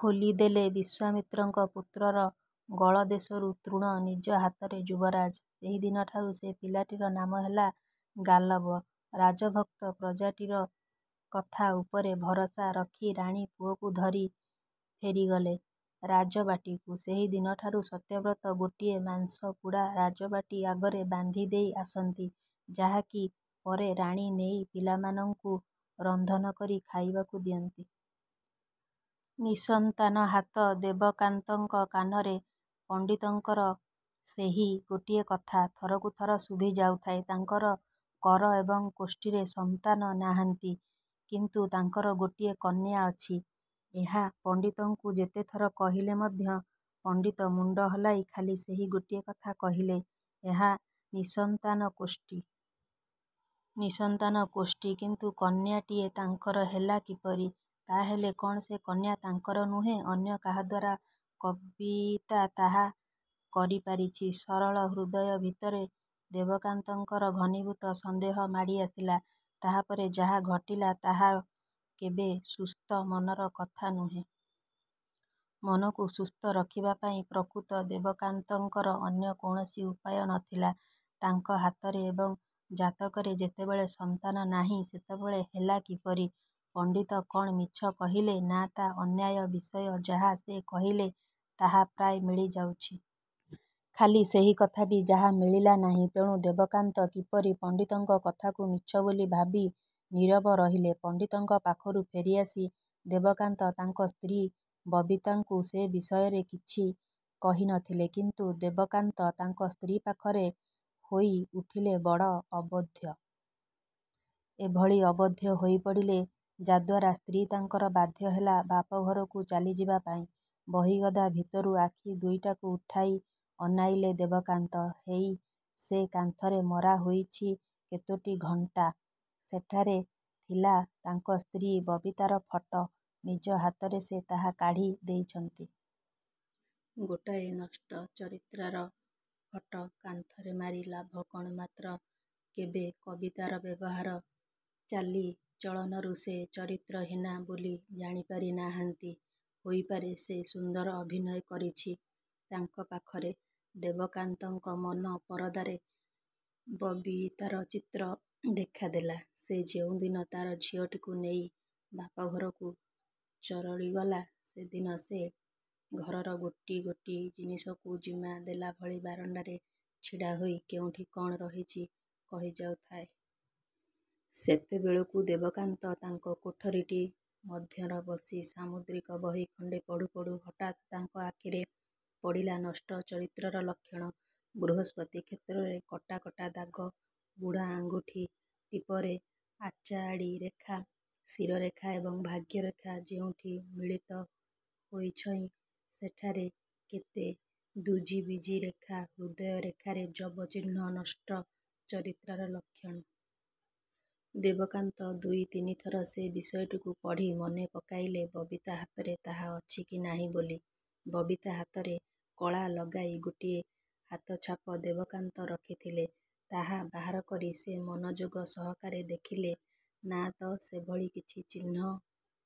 ଖୋଲିଦେଲେ ବିଶ୍ୱାମିତ୍ରଙ୍କ ପୁତ୍ରର ଗଳଦେଶରୁ ତୃଣ ନିଜ ହାତରେ ଯୁବରାଜ। ସେହିଦିନଠାରୁ ସେ ପିଲାଟିର ନାମ ହେଲା ଗାଲବ। ରାଜଭକ୍ତ ପ୍ରଜାଟିର କଥା ଉପରେ ଭରସା ରଖି ରାଣୀ ପୁଅକୁ ଧରି ଫେରିଗଲେ ରାଜବାଟିକୁ। ସେହିଦିନଠାରୁ ସତ୍ୟବ୍ରତ ଗୋଟିଏ ମାଂସପୁଡ଼ା ରାଜବାଟି ଆଗରେ ବାନ୍ଧିଦେଇ ଆସନ୍ତି; ଯାହାକି ପରେ ରାଣୀ ନେଇ ପିଲାମାନଙ୍କୁ ରନ୍ଧନକରି ଖାଇବାକୁ ଦିଅନ୍ତି। ନିସନ୍ତାନହାତ ଦେବକାନ୍ତଙ୍କ କାନରେ ପଣ୍ଡିତଙ୍କର ସେହି ଗୋଟିଏ କଥା ଥରକୁ ଥର ଶୁଭିଯାଉଥାଏ। ତାଙ୍କର କର ଏବଂ କୋଷ୍ଠିରେ ସନ୍ତାନ ନାହାନ୍ତି। କିନ୍ତୁ ତାଙ୍କର ଗୋଟିଏ କନ୍ୟା ଅଛି, ଏହା ପଣ୍ଡିତଙ୍କୁ ଯେତେଥର କହିଲେ ମଧ୍ୟ ପଣ୍ଡିତ ମୁଣ୍ଡ ହଲାଇ ଖାଲି ସେହି ଗୋଟିଏ କଥା କହିଲେ, ଏହା ନିଃସନ୍ତାନ କୋଷ୍ଠି। ନିଃସନ୍ତାନ କୋଷ୍ଠି କିନ୍ତୁ କନ୍ୟାଟିଏ ତାଙ୍କର ହେଲା କିପରି? ତାହାହେଲେ କ'ଣ ସେ କନ୍ୟା ତାଙ୍କର ନୁହେଁ ଅନ୍ୟ କାହାଦ୍ୱାରା ବବିତା ତାହା କରିପାରିଛି? ସରଳ ହୃଦୟ ଭିତରେ ଦେବକାନ୍ତଙ୍କର ଘନିଭୂତ ସନ୍ଦେହ ମାଡ଼ି ଆସିଲା। ତାହାପରେ ଯାହା ଘଟିଗଲା ତାହା କେବେ ସୁସ୍ଥ ମନର କଥା ନୁହେଁ। ମନକୁ ସୁସ୍ଥ ରଖିବାପାଇଁ ପ୍ରକୃତ ଦେବକାନ୍ତଙ୍କର ଅନ୍ୟ କୌଣସି ଉପାୟ ନଥିଲା। ତାଙ୍କ ହାତରେ ଏବଂ ଜାତକରେ ଯେତେବେଳେ ସନ୍ତାନ ନାହିଁ ସେତେବେଳେ ହେଲା କିପରି? ପଣ୍ଡିତ କ'ଣ ମିଛ କହିଲେ? ନା ତ। ଅନ୍ୟାନ୍ୟ ବିଷୟ ଯାହା ସେ କହିଲେ ତାହା ପ୍ରାୟ ମିଳିଯାଉଛି। ଖାଲି ସେହି କଥାଟି ଯାହା ମିଳିଲା ନାହିଁ। ତେଣୁ ଦେବକାନ୍ତ କିପରି ପଣ୍ଡିତଙ୍କ କଥାକୁ ମିଛ ବୋଲି ଭାବି ନୀରବ ରହିବେ? ପଣ୍ଡିତଙ୍କ ପାଖରୁ ଫେରିଆସି ଦେବକାନ୍ତ ତାଙ୍କ ସ୍ତ୍ରୀ ବବିତାଙ୍କୁ ସେ ବିଷୟରେ କିଛି କହିନଥିଲେ। କିନ୍ତୁ ଦେବକାନ୍ତ ତାଙ୍କ ସ୍ତ୍ରୀ ପାଖରେ ହୋଇ ଉଠିଲେ ବଡ଼ ଅବୋଧ୍ୟ। ଏଭଳି ଅବୋଧ୍ୟ ହୋଇପଡ଼ିଲେ ଯାଦ୍ୱାରା ସ୍ତ୍ରୀ ତାଙ୍କର ବାଧ୍ୟହେଲା ବାପଘରକୁ ଚାଲିଯିବା ପାଇଁ। ବହିଗଦା ଭିତରୁ ଆଖି ଦୁଇଟାକୁ ଉଠାଇ ଅନାଇଲେ ଦେବକାନ୍ତ। ହେଇ ସେ କାନ୍ଥରେ ମରା ହୋଇଛି କେତୋଟି କଣ୍ଟା। ସେଠାରେ ଥିଲା ତାଙ୍କ ସ୍ତ୍ରୀ ବବିତାର ଫଟ। ନିଜ ହାତରେ ସେ ତାହା କାଢ଼ି ଦେଇଛନ୍ତି। ଗୋଟାଏ ନଷ୍ଟ ଚରିତ୍ରାର ଫଟ କାନ୍ଥରେ ମାରି ଲାଭ କ'ଣ-? ମାତ୍ର କେବେ ବବିତାର ବ୍ୟବହାର ଚାଲି ଚଳନରୁ ସେ ଚରିତ୍ରହୀନା ବୋଲି ଜାଣିପାରି ନାହାନ୍ତି-। ହୋଇପାରେ ସେ ସୁନ୍ଦର ଅଭିନୟ କରିଛି ତାଙ୍କ ପାଖରେ। ଦେବକାନ୍ତଙ୍କ ମନ ପରଦାରେ ବବିତାର ଚିତ୍ର ଦେଖାଦେଲା। ସେ ଯେଉଁଦିନ ତା'ର ଝିଅଟିକୁ ନେଇ ବାପ ଘରକୁ ଚରଲିଗଲା ସେଦିନ ସେ ଘରର ଗୋଟି ଗୋଟି ଜିନିଷକୁ ଜିମା ଦେଲାଭଳି ବାରଣ୍ଡାରେ ଛିଡ଼ାହୋଇ କେଉଁଠି କ'ଣ ରହିଛି କହିଯାଉଥାଏ। ସେତେବେଳକୁ ଦେବକାନ୍ତ ତାଙ୍କ କୋଠରୀଟି ମଧ୍ୟର ବସି ସାମୁଦ୍ରିକ ବହି ଖଣ୍ଡେ ପଢ଼ୁ ପଢ଼ୁ ହଠାତ୍ ତାଙ୍କ ଆଖିରେ ପଡ଼ିଲା ନଷ୍ଟ ଚରିତ୍ରର ଲକ୍ଷଣ। ବୃହସ୍ପତି କ୍ଷେତ୍ରରେ କଟା କଟା ଦାଗ, ବୁଢ଼ା ଆଙ୍ଗୁଠି ଟିପରେ ଆଚାଆଡ଼ି ରେଖା, ଶିରରେଖା। ଏବଂ ଭାଗ୍ୟରେଖା ଯେଉଁଠି ମିଳିତ ହୋଇଛଇ ସେଠାରେ କେତେ ଦ୍ୱିଜିବିଜି ରେଖା, ହୃଦୟ ରେଖାରେ ଯବ ଚିହ୍ନ ନଷ୍ଟ ଚରିତ୍ରାର ଲକ୍ଷଣ। ଦେବକାନ୍ତ ଦୁଇ ତିନିଥର ସେ ବିଷୟଟିକୁ ପଢ଼ି ମନେ ପକାଇଲେ ବବିତା ହାତରେ ତାହା ଅଛି କି ନାହିଁ ବୋଲି ବବିତା ହାତରେ କଳା ଲଗାଇ ଗୋଟିଏ ହାତଛାପ ଦେବକାନ୍ତ ରଖିଥିଲେ ତାହା ବାହାରକରି ସେ ମନଯୋଗ ସହକାରେ ଦେଖିଲେ। ନା ତ-ସେଭଳି କିଛି ଚିହ୍ନ